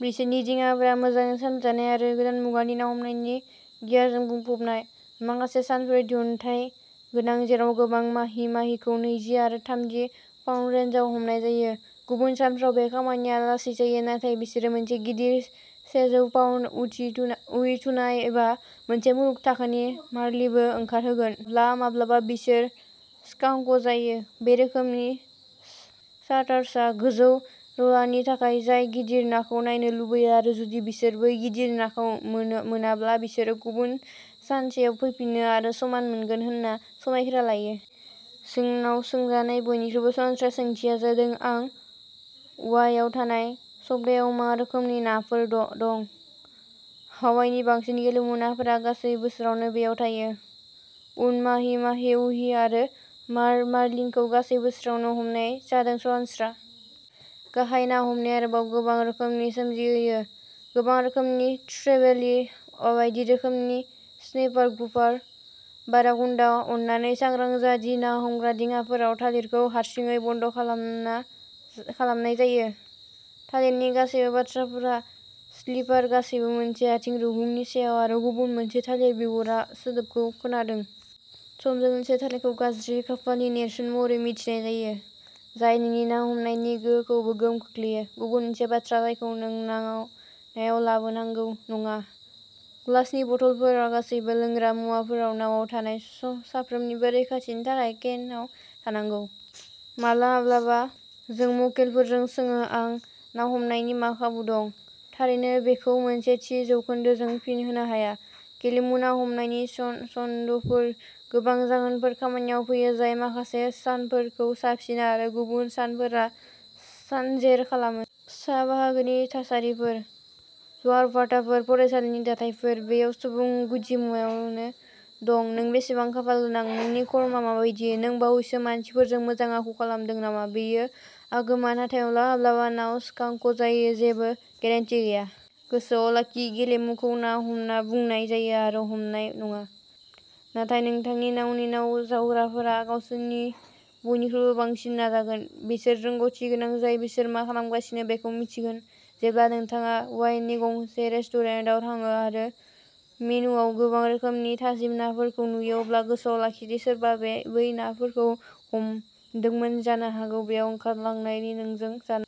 बिसोरनि दिङाफोरा मोजाङै सामलायजानाय आरो गोदान मुगानि ना हमनायनि गियारजों बुंफबनाय। माखासे सानफोरा दिहुनथाय गोनां, जेराव गोबां माहि माहिखौ नैजि आरो थामजि पाउन्द रेन्जआव हमनाय जायो। गुबुन सानफोराव बे खामानिया लासै जायो, नाथाय बिसोरो मोनसे गिदिर सेजौ पाउन्द अथि टु अहि टुना एबा मोनसे मुलुग थाखोनि मार्लिनबो ओंखारहोगोन। माब्लाबा माब्लाबा बिसोर स्कांक जायो। बे रोखोमनि चार्टारआ गोजौ र'लारनि थाखाय, जाय गिदिर नाखौ नायनो लुबैयो आरो जुदि बिसोर बै गिदिर नाखौ मोनो मोनाब्ला बिसोर गुबुन सानसेआव फैफिनो आरो समान मोनगोन होनना समायखिरा लायो। जोंनाव सोंजानाय बयनिख्रुइ सरासनस्रा सोंथिया जादों आं हावाइआव थानाय सप्तायाव मा रोखोमनि नाफोर द दं? हावाइनि बांसिन गेलेमु नाफोरा गासै बोसोरावनो बेयाव थायो। अन', माहि माहि, अहि आरो माल मार्लिनखौ गासै बोसोरावनो हमनाया जोबोद सरासनस्रा। गाहाय ना हमनाया आरोबाव गोबां रोखोमारि सोमजिहोयो गोबां रोखोमनि ट्रेभेलि, बायदि रोखोमनि स्नेपार, ग्रुपार, बाराकुडा, अन्नानै सांग्रां जा दि ना हमग्रा दिङाफोराव थालिरखौ हारसिङै बन्द' खालामनाय जायो। थालिरनि गासैबो बाथ्राफोरा स्लिपार गासैबो मोनसे आथिं रुगुंनि सायाव आरो गुबुन मोनसे थालिर बिगुराव सोदोबखौ खोनादों। समजों लोगोसे थालिरखौ गाज्रि खाफालनि नेरसोन महरै मिथिनाय जायो, जाय नोंनि ना हमनायनि गोहोखौबो गोहोम खोख्लैयो। गुबुन मोनसे बाथ्रा जायखौ नों नावाव लाबोनांगौ नङा। ग्लासनि बथलफोर गासैबो लोंग्रा मुवाफोरा नावाव थानाय साफ्रोमनिबो रैखाथिनि थाखाय केनआव थानांगौ। माब्लाबा-माब्लाबा जों मक्केलफोरखौ सोङो आं ना हमनायनि मा खाबु दं? थारैनो बेखौ मोनसे थि जौखोन्दोजों फिन होनो हाया। गेलेमु ना हमनायनि सनदफोर, गोबां जाहोनफोरा खामानियाव फैयो जाय माखासे सानफोरखौ साबसिन आरो गुबुन सानफोरखौ सानजेर खालामो। सा बाहागोनि थासारिफोर, ज्वार भाटाफोर, फरायसालिनि दाथायफोर। बेयाव सुबुं गुदिमुवाबो दं। नों बेसेबां खाफालगोनां? नोंनि कर्मआ माबायदि? नों बावैसो मानसिफोरजों मोजां आखु खालामदों नामा? बेयो आगोमा, नाथाय माब्लाबा-माब्लाबा नाव स्कांक जायो जेबो गेरेन्टि गैया। गोसोआव लाखि गेलेमुखौ ना हमनाय बुंनाय जायो आरो हमनाय नङा। नाथाय नोंथांनि नावनि नावजावग्राफोरा गावसोरनि बयनिख्रुइबो बांसिन नाजागोन। बिसोर रोंग'थि गोनां जाय बिसोर मा खालामगासिनो बेखौ मिन्थिगोन। जेब्ला नोंथाङा हावाइनि गंसे रेस्टुरेन्टाव थाङो आरो मेनुवाव गोबां रोखोमनि थाजिम नाफोरखौ नुयो, अब्ला गोसोआव लाखि दि सोरबा बै नाफोरखौ हमदोंमोन जानो हागौ बैयाव ओंखारलांनानै नोंनो जानो हो!